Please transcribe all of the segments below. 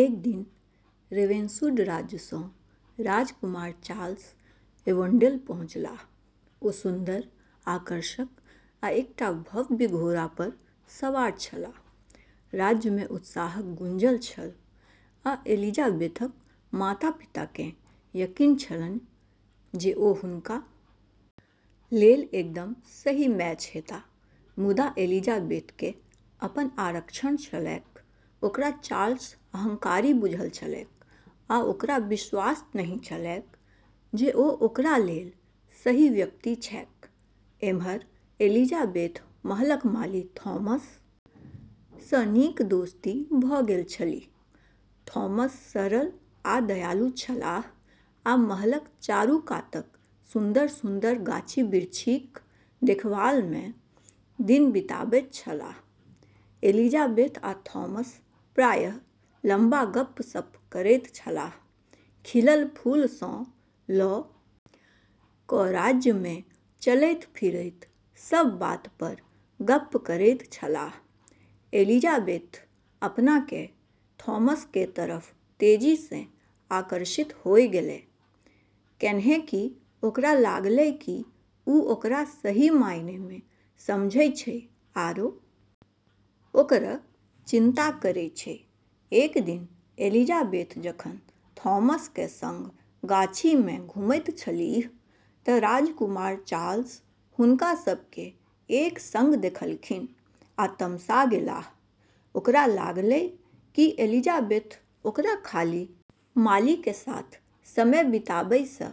एक दिन रेवेन्सवुड राज्य सं राजकुमार चार्ल्स एवोन्डेल पहुंचलाह ओ सुन्दर, आकर्षक आ एकटा भव्य घोड़ा पर सवार छलाह, राज्य मे उत्साहक गूँजल छल आ एलिजाबेथक माता-पिता केँ यकीन छलनि जे ओ हुनका लेल एकदम सही मैच हेताह मुदा एलिजाबेथ के अपन आरक्षण छलैक ओकरा चार्ल्स अहंकारी बुझल छलैक आ ओकरा विश्वास नहि छलैक जे ओ ओकरा लेल सही व्यक्ति छैक, एम्हर एलिजाबेथ महलक माली थॉमस सँ नीक दोस्ती भ गेल छलीह, थॉमस सरल आ दयालु छलाह आ महलक चारूकातक सुन्दर-सुन्दर गाछी-बिरछीक देखभाल मे दिन बिताबैत छलाह, एलिजाबेथ आ थॉमस प्रायः लंबा गप्प-सप्प करैत छलाह, खिलल फूल सँ ल क राज्य मे चलैत-फिरैत सब बात पर गप्प करैत छलाह, एलिजाबेथ अपना के थॉमस के तरफ तेजी सें आकर्षित होय गेलै, कैन्हेंकि ओकरा लागलै कि उ ओकरा सही मायने में समझै छै आरो ओकरऽ चिंता करै छै, एक दिन एलिजाबेथ जखन थॉमस के संग गाछी में घुमैत छलीह त राजकुमार चार्ल्स हुनका सब के एक संग देखलखिन आ तमसा गेलाह ओकरा लागलै कि एलिजाबेथ ओकरा खाली माली के साथ समय बिताबै सें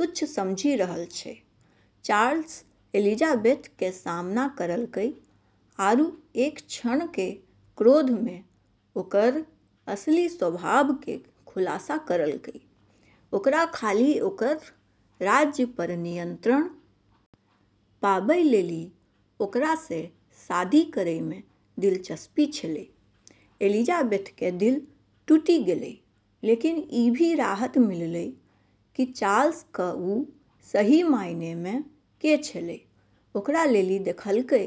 तुच्छ समझी रहलऽ छै, चार्ल्स एलिजाबेथ के सामना करलकै आरू एक क्षण के क्रोध में ओकरऽ असली स्वभाव के खुलासा करलकै ओकरा खाली ओकरऽ राज्य पर नियंत्रण पाबै लेली ओकरा सें शादी करै में दिलचस्पी छेलै, एलिजाबेथ के दिल टूटी गेलै, लेकिन ई भी राहत मिललै कि चार्ल्स क उ सही मायने मे के छेलै ओकरा लेली देखलकै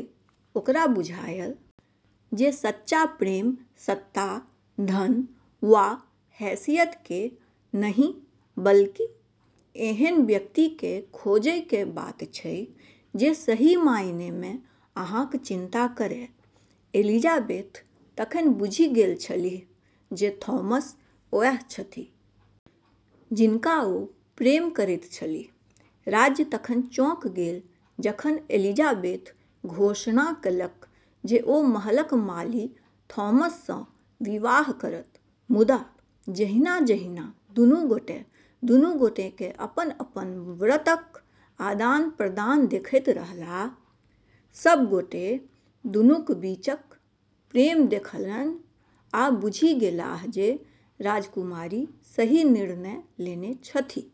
ओकरा बुझायल जे सच्चा प्रेम सत्ता, धन वा हैसियत के नहि बल्कि एहन व्यक्ति के खोजय के बात छै जे सही मायने में अहाँक चिंता करय, एलिजाबेथ तखन बुझि गेल छलीह जे थॉमस ओएह छथि जिनका ओ प्रेम करैत छलीह, राज्य तखन चौंक गेल जखन एलिजाबेथ घोषणा केलक जे ओ महलक माली थॉमस सँ विवाह करत, मुदा जहिना-जहिना दुनू गोटे दुनू गोटेकेँ अपन-अपन व्रतक आदान-प्रदान देखैत रहलाह, सभ गोटे दुनूक बीचक प्रेम देखलनि आ बुझि गेलाह जे राजकुमारी सही निर्णय लेने छथि।